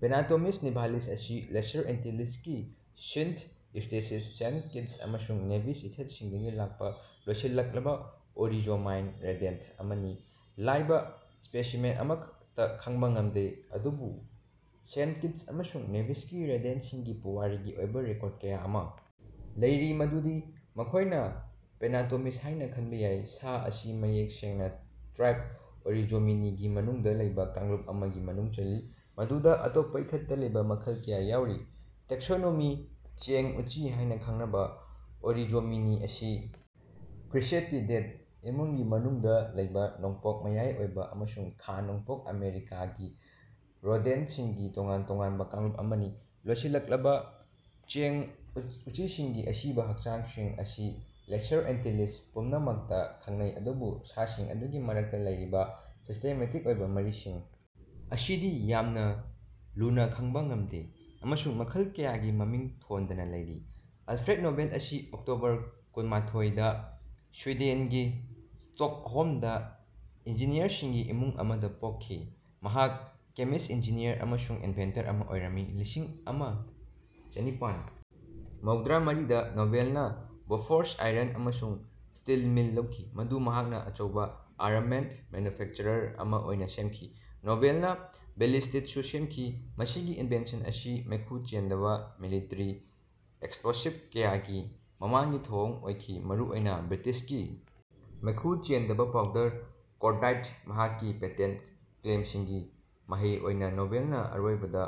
ꯄꯦꯅꯥꯇꯣꯃꯤꯁ ꯅꯤꯚꯥꯂꯤꯁ ꯑꯁꯤ ꯂꯦꯁꯔ ꯑꯦꯟꯇꯤꯂꯤꯁꯀꯤ ꯁꯤꯟꯠ ꯏꯎꯁ꯭ꯇꯦꯇꯤꯁ ꯁꯦꯟꯠ ꯀꯤꯠꯁ ꯑꯃꯁꯨꯡ ꯅꯦꯚꯤꯁ ꯏꯊꯠꯁꯤꯡꯗꯒꯤ ꯂꯥꯛꯄ ꯂꯣꯏꯁꯤꯜꯂꯛꯂꯕ ꯑꯣꯔꯤꯖꯣꯃꯥꯏꯟ ꯔꯣꯗꯦꯟꯠ ꯑꯃꯅꯤ꯫ ꯂꯥꯏꯕ ꯁ꯭ꯄꯦꯁꯤꯃꯦꯟ ꯑꯃꯠꯇ ꯈꯪꯕ ꯉꯝꯗꯦ ꯑꯗꯨꯕꯨ ꯁꯦꯟꯠ ꯀꯤꯠꯁ ꯑꯃꯁꯨꯡ ꯅꯦꯚꯤꯁꯀꯤ ꯔꯣꯗꯦꯟꯠꯁꯤꯡꯒꯤ ꯄꯨꯋꯥꯔꯤꯒꯤ ꯑꯣꯏꯕ ꯔꯦꯀꯣꯔꯗ ꯀꯌꯥ ꯑꯃꯥ ꯂꯩꯔꯤ ꯃꯗꯨꯗꯤ ꯃꯈꯣꯏꯅ ꯄꯦꯅꯥꯇꯣꯃꯤꯁ ꯍꯥꯏꯅ ꯈꯟꯕ ꯌꯥꯏ꯫ ꯁꯥ ꯑꯁꯤ ꯃꯌꯦꯛ ꯁꯦꯡꯅ ꯇꯔꯥꯏꯕ ꯑꯣꯔꯤꯖꯣꯃꯤꯅꯤꯒꯤ ꯃꯅꯨꯡꯗ ꯂꯩꯕ ꯀꯥꯡꯂꯨꯞ ꯑꯃꯒꯤ ꯃꯅꯨꯡ ꯆꯜꯂꯤ ꯃꯗꯨꯗꯥ ꯑꯇꯣꯞꯄ ꯏꯊꯠꯇ ꯂꯩꯕ ꯃꯈꯜ ꯀꯌꯥ ꯌꯥꯎꯔꯤ꯫ ꯇꯦꯛꯁꯣꯅꯣꯃꯤ ꯆꯦꯡ ꯎꯆꯤ ꯍꯥꯏꯅ ꯈꯪꯅꯕ ꯑꯣꯔꯤꯖꯣꯃꯤꯅꯤ ꯑꯁꯤ ꯀ꯭ꯔꯤꯁꯦꯇꯤꯗꯦꯗ ꯏꯃꯨꯡꯒꯤ ꯃꯅꯨꯡꯗꯥ ꯂꯩꯕ ꯅꯣꯡꯄꯣꯛ ꯃꯌꯥꯏꯑꯣꯏꯕ ꯑꯃꯁꯨꯡ ꯈꯥ ꯅꯣꯡꯄꯣꯛ ꯑꯥꯃꯦꯔꯤꯀꯥꯒꯤ ꯔꯣꯗꯦꯟꯠꯁꯤꯡꯒꯤ ꯇꯣꯉꯥꯟ ꯇꯣꯉꯥꯟꯕ ꯀꯥꯡꯂꯨꯞ ꯑꯃꯅꯤ꯫ ꯂꯣꯏꯁꯤꯜꯂꯛꯂꯕ ꯆꯦꯡ ꯎꯆꯤꯁꯤꯡꯒꯤ ꯑꯁꯤꯕ ꯍꯛꯆꯥꯡꯁꯤꯡ ꯑꯁꯤ ꯂꯦꯁꯔ ꯑꯦꯟꯇꯤꯂꯤꯁ ꯄꯨꯝꯅꯃꯛꯇ ꯈꯪꯅꯩ ꯑꯗꯨꯕꯨ ꯁꯥꯁꯤꯡ ꯑꯗꯨꯒꯤ ꯃꯔꯛꯇ ꯂꯩꯔꯤꯕ ꯁꯤꯁꯇꯦꯃꯦꯇꯤꯛ ꯑꯣꯏꯕ ꯃꯔꯤꯁꯤꯡ ꯑꯁꯤꯗꯤ ꯌꯥꯝꯅ ꯂꯨꯅꯥ ꯈꯪꯕ ꯉꯝꯗꯦ ꯑꯃꯁꯨꯡ ꯃꯈꯜ ꯀꯌꯥꯒꯤ ꯃꯃꯤꯡ ꯊꯣꯟꯗꯅ ꯂꯩꯔꯤ꯫ ꯑꯜꯐ꯭ꯔꯦꯗ ꯅꯣꯕꯦꯜ ꯑꯁꯤ ꯑꯣꯛꯇꯣꯕꯔ ꯀꯨꯟꯃꯥꯊꯣꯏ ꯗꯥ ꯁ꯭ꯋꯤꯗꯦꯟꯒꯤ ꯁ꯭ꯇꯣꯛꯍꯣꯝꯗꯥ ꯏꯟꯖꯤꯅꯤꯌꯔꯁꯤꯡꯒꯤ ꯏꯃꯨꯡ ꯑꯃꯗꯥ ꯄꯣꯛꯈꯤ꯫ ꯃꯍꯥꯛ ꯀꯦꯃꯤꯁꯠ ꯏꯟꯖꯤꯅꯤꯌꯔ ꯑꯃꯁꯨꯡ ꯏꯅꯚꯦꯟꯇꯔ ꯑꯃꯥ ꯑꯣꯏꯔꯝꯃꯤ꯫ ꯂꯤꯁꯤꯡ ꯑꯃ ꯆꯅꯤꯄꯥꯟ ꯃꯧꯗ꯭ꯔꯥ ꯃꯔꯤꯗ ꯅꯣꯕꯦꯜꯅꯥ ꯕꯣꯐꯣꯔꯁ ꯑꯥꯏꯔꯟ ꯑꯃꯁꯨꯡ ꯁ꯭ꯇꯤꯜ ꯃꯤꯜ ꯂꯧꯈꯤ ꯃꯗꯨ ꯃꯍꯥꯛꯅꯥ ꯑꯆꯧꯕꯥ ꯑꯥꯔꯝꯃꯦꯟꯠ ꯃꯦꯟꯅ꯭ꯌꯨꯐꯦꯛꯆꯔꯔ ꯑꯃꯥ ꯑꯣꯏꯅꯥ ꯁꯦꯝꯈꯤ꯫ ꯅꯣꯕꯦꯜꯅꯥ ꯕꯦꯂꯤꯁꯇꯤꯠꯁꯨ ꯁꯦꯝꯈꯤ꯫ ꯃꯁꯤꯒꯤ ꯏꯟꯚꯦꯟꯁꯟ ꯑꯁꯤ ꯃꯩꯈꯨ ꯆꯦꯟꯗꯕꯥ ꯃꯤꯂꯤꯇꯔꯤ ꯑꯦꯛꯁꯄ꯭ꯂꯣꯁꯤꯚ ꯀꯌꯥꯒꯤ ꯃꯃꯥꯡꯒꯤ ꯊꯧꯑꯣꯡ ꯑꯣꯏꯈꯤ ꯃꯔꯨꯑꯣꯏꯅꯥ ꯕ꯭ꯔꯤꯇꯤꯁꯀꯤ ꯃꯩꯈꯨ ꯆꯦꯟꯗꯕꯥ ꯄꯥꯎꯗꯔ ꯀꯣꯔꯗꯥꯏꯠ꯫ ꯃꯍꯥꯛꯀꯤ ꯄꯦꯇꯦꯟꯠ ꯀ꯭ꯂꯦꯝꯁꯤꯡꯒꯤ ꯃꯍꯩ ꯑꯣꯏꯅꯥ ꯅꯣꯕꯦꯜꯅꯥ ꯑꯔꯣꯏꯕꯗꯥ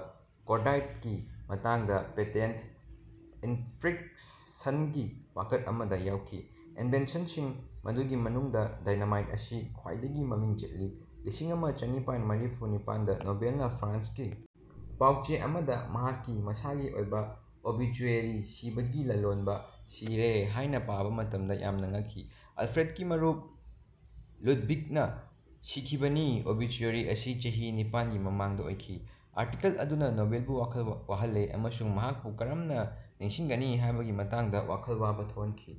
ꯀꯣꯔꯗꯥꯏꯠꯀꯤ ꯃꯇꯥꯡꯗꯥ ꯄꯦꯇꯦꯟꯠ ꯏꯟꯐ꯭ꯔꯤꯛꯁꯟꯒꯤ ꯋꯥꯀꯠ ꯑꯃꯗꯥ ꯌꯥꯎꯈꯤ꯫ ꯏꯟꯚꯦꯟꯁꯟꯁꯤꯡ ꯃꯗꯨꯒꯤ ꯃꯅꯨꯡꯗꯥ ꯗꯥꯏꯅꯥꯃꯥꯏꯠ ꯑꯁꯤ ꯈ꯭ꯋꯥꯏꯗꯒꯤ ꯃꯃꯤꯡ ꯆꯠꯂꯤ꯫ ꯂꯤꯁꯤꯡ ꯑꯃ ꯆꯅꯤꯄꯥꯟ ꯃꯔꯐꯨ ꯅꯤꯄꯥꯟꯗ ꯅꯣꯕꯦꯜꯅꯥ ꯐ꯭ꯔꯥꯟꯁꯀꯤ ꯄꯥꯎ ꯆꯦ ꯑꯃꯗꯥ ꯃꯍꯥꯛꯀꯤ ꯃꯁꯥꯒꯤ ꯑꯣꯏꯕꯥ ꯑꯣꯕꯤꯆꯨꯌꯦꯔꯤ ꯁꯤꯕꯒꯤ ꯂꯂꯣꯟꯕꯥ ꯁꯤꯔꯦ ꯍꯥꯏꯅꯥ ꯄꯥꯕꯥ ꯃꯇꯝꯗꯥ ꯌꯥꯝꯅꯥ ꯉꯛꯈꯤ꯫ ꯑꯜꯐ꯭ꯔꯦꯗꯀꯤ ꯃꯔꯨꯞ ꯂꯨꯗꯚꯤꯒꯅꯥ ꯁꯤꯈꯤꯕꯅꯤ ꯑꯣꯕꯤꯆꯨꯑꯦꯔꯤ ꯑꯁꯤ ꯆꯍꯤ ꯅꯤꯄꯥꯟꯒꯤ ꯃꯃꯥꯡꯗꯥ ꯑꯣꯏꯈꯤ꯫ ꯑꯥꯔꯇꯤꯀꯜ ꯑꯗꯨꯅꯥ ꯅꯣꯕꯦꯜꯕꯨ ꯋꯥꯈꯜ ꯋꯥꯍꯜꯂꯦ ꯑꯃꯁꯨꯡ ꯃꯍꯥꯛꯄꯨ ꯀꯔꯝꯅꯥ ꯅꯤꯡꯁꯤꯡꯒꯅꯤ ꯍꯥꯏꯕꯒꯤ ꯃꯇꯥꯡꯗꯥ ꯋꯥꯈꯜ ꯋꯥꯕꯥ ꯊꯣꯛꯍꯟꯈꯤ꯫